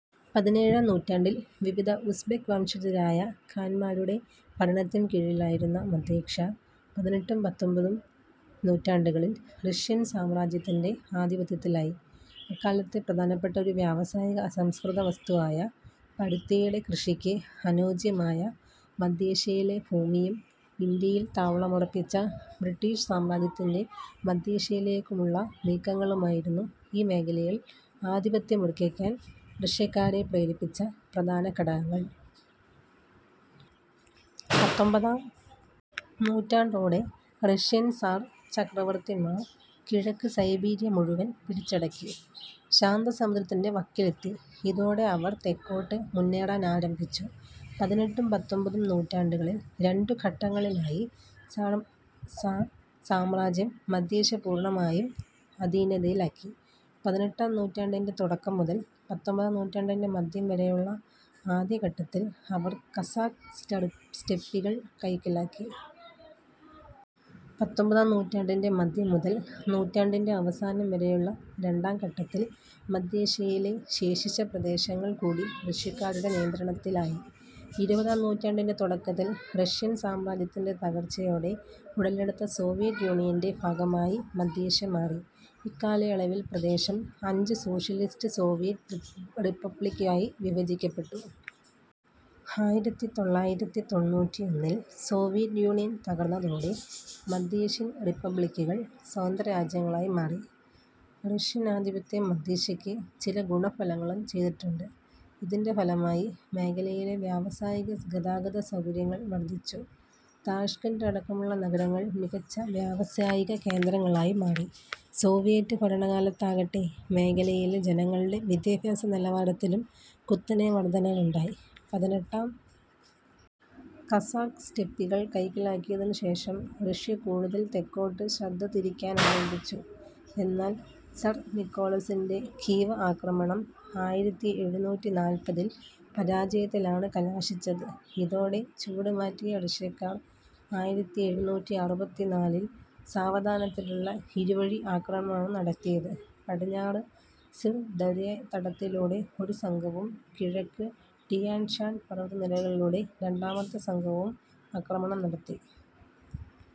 പതിനേഴാം നൂറ്റാണ്ടിൽ വിവിധ ഉസ്ബെക് വംശജരായ ഖാന്മാരുടെ ഭരണത്തിൻ കീഴിലായിരുന്ന മധ്യേഷ്യ പതിനെട്ടും പത്തൊമ്പതും നൂറ്റാണ്ടുകളിൽ റഷ്യൻ സാർ സാമ്രാജ്യത്തിൻ്റെ ആധിപത്യത്തിലായി. അക്കാലത്തെ പ്രധാനപ്പെട്ട ഒരു വ്യാവസായിക അസംസ്കൃതവസ്തുവായ പരുത്തിയുടെ കൃഷിക്ക് അനുയോജ്യമായ മധ്യേഷ്യയിലെ ഫൂമിയും ഇന്ത്യയിൽ താവളമുറപ്പിച്ച ബ്രിട്ടീഷ് സാമ്രാജ്യത്തിൻ്റെ മധ്യേഷ്യയിലേക്കുള്ള നീക്കങ്ങളുമായിരുന്നു ഈ മേഖലയിൽ ആധിപത്യമുറക്കിക്കാൻ റഷ്യക്കാരെ പ്രേരിപ്പിച്ച പ്രധാന ഘടകങ്ങൾ. പത്തൊമ്പതാം നൂറ്റാണ്ടോടെ റഷ്യൻ സാർ ചക്രവർത്തിമാർ കിഴക്ക് സൈബീരിയ മുഴുവൻ പിടിച്ചടക്കി ശാന്തസമുദ്രത്തിൻ്റെ വക്കിലെത്തി. ഇതോടെ അവർ തെക്കോട്ട് മുന്നേറാനാരംഭിച്ചു. പതിനെട്ടും പത്തൊമ്പതും നൂറ്റാണ്ടുകളിൽ രണ്ടു ഘട്ടങ്ങളിലായി സാർ സ സാമ്രാജ്യം മധ്യേഷ്യ പൂർണമായും അധീനതയിലാക്കി. പതിനെട്ടാം നൂറ്റാണ്ടിൻ്റെ തുടക്കം മുതൽ പത്തൊമ്പതാം നൂറ്റാണ്ടിൻ്റെ മധ്യം വരെയുള്ള ആദ്യഘട്ടത്തിൽ അവർ കസാഖ് സ്റ്റെ സ്റ്റെപ്പികൾ കൈക്കലാക്കി. പത്തൊമ്പതാം നൂറ്റാണ്ടിൻ്റെ മധ്യം മുതൽ നൂറ്റാണ്ടിൻ്റെ അവസാനം വരെയുള്ള രണ്ടാം ഘട്ടത്തിൽ മധ്യേഷ്യയിലെ ശേഷിച്ച പ്രദേശങ്ങൾ കൂടി റഷ്യക്കാരുടെ നിയന്ത്രണത്തിലായി. ഇരുപതാം നൂറ്റാണ്ടിൻ്റെ തുടക്കത്തിൽ റഷ്യൻ സാമ്രാജ്യത്തിൻ്റെ തകർച്ചയോടെ ഉടലെടുത്ത സോവിയറ്റ് യൂണിയൻ്റെ ഭാഗമായി മധ്യേഷ്യ മാറി. ഇക്കാലയളവിൽ പ്രദേശം അഞ്ച് സോഷ്യലിസ്റ്റ് സോവിയറ്റ് റി റിപ്പബ്ലിക്കായി വിഭജിക്കപ്പെട്ടു. ആയിരത്തിത്തൊള്ളായിരത്തി തൊണ്ണൂറ്റിയൊന്നിൽ സോവിയറ്റ് യൂണിയൻ തകർന്നതോടെ മധ്യേഷ്യൻ റിപ്പബ്ലിക്കുകൾ സ്വതന്ത്രരാജ്യങ്ങളായി മാറി. റഷ്യൻ ആധിപത്യം മധ്യേഷ്യക്ക് ചില ഗുണഫലങ്ങളും ചെയ്തിട്ടുണ്ട്. ഇതിൻ്റെ ഫലമായി മേഖലയിലെ വ്യാവസായിക ഗതാഗതസൗകര്യങ്ങൾ വർധിച്ചു. താഷ്കന്റ് അടക്കമുള്ള നഗരങ്ങൾ മികച്ച വ്യാവസായികകേന്ദ്രങ്ങളായി മാറി. സോവിയറ്റ് ഭരണകാലത്താകട്ടെ മേഖലയിലെ ജനങ്ങളുടെ വിദ്യാഭ്യാസനിലവാരത്തിലും കുത്തനെ വർധനവുണ്ടായി. പതിനെട്ടാം കസാഖ് സ്റ്റെപ്പികൾ കൈക്കലാക്കിയതിനുശേഷം റഷ്യ കൂടുതൽ തെക്കോട്ട് ശ്രദ്ധതിരിക്കാനാരംഭിച്ചു. എന്നാൽ സർ നിക്കോളസിൻ്റെ ഖീവ ആക്രമണം ആയിരത്തിയെഴുന്നൂറ്റി നാല്പതിൽ പരാജയത്തിലാണ് കലാശിച്ചത്. ഇതോടെ ചുവടുമാറ്റിയ റഷ്യക്കാർ ആയിരത്തിയെണ്ണൂറ്റി അറുപത്തിനാലിൽ സാവധാനത്തിലുള്ള ഇരുവഴി ആക്രമണമാണ് നടത്തിയത്. പടിഞ്ഞാറ് സിർ ദര്യ തടത്തിലൂടെ ഒരു സംഘവും കിഴക്ക് ടിയാൻ ഷാൻ പർവതനിരകളിലൂടെ രണ്ടാമത്തെ സംഘവും ആക്രമണം നടത്തി.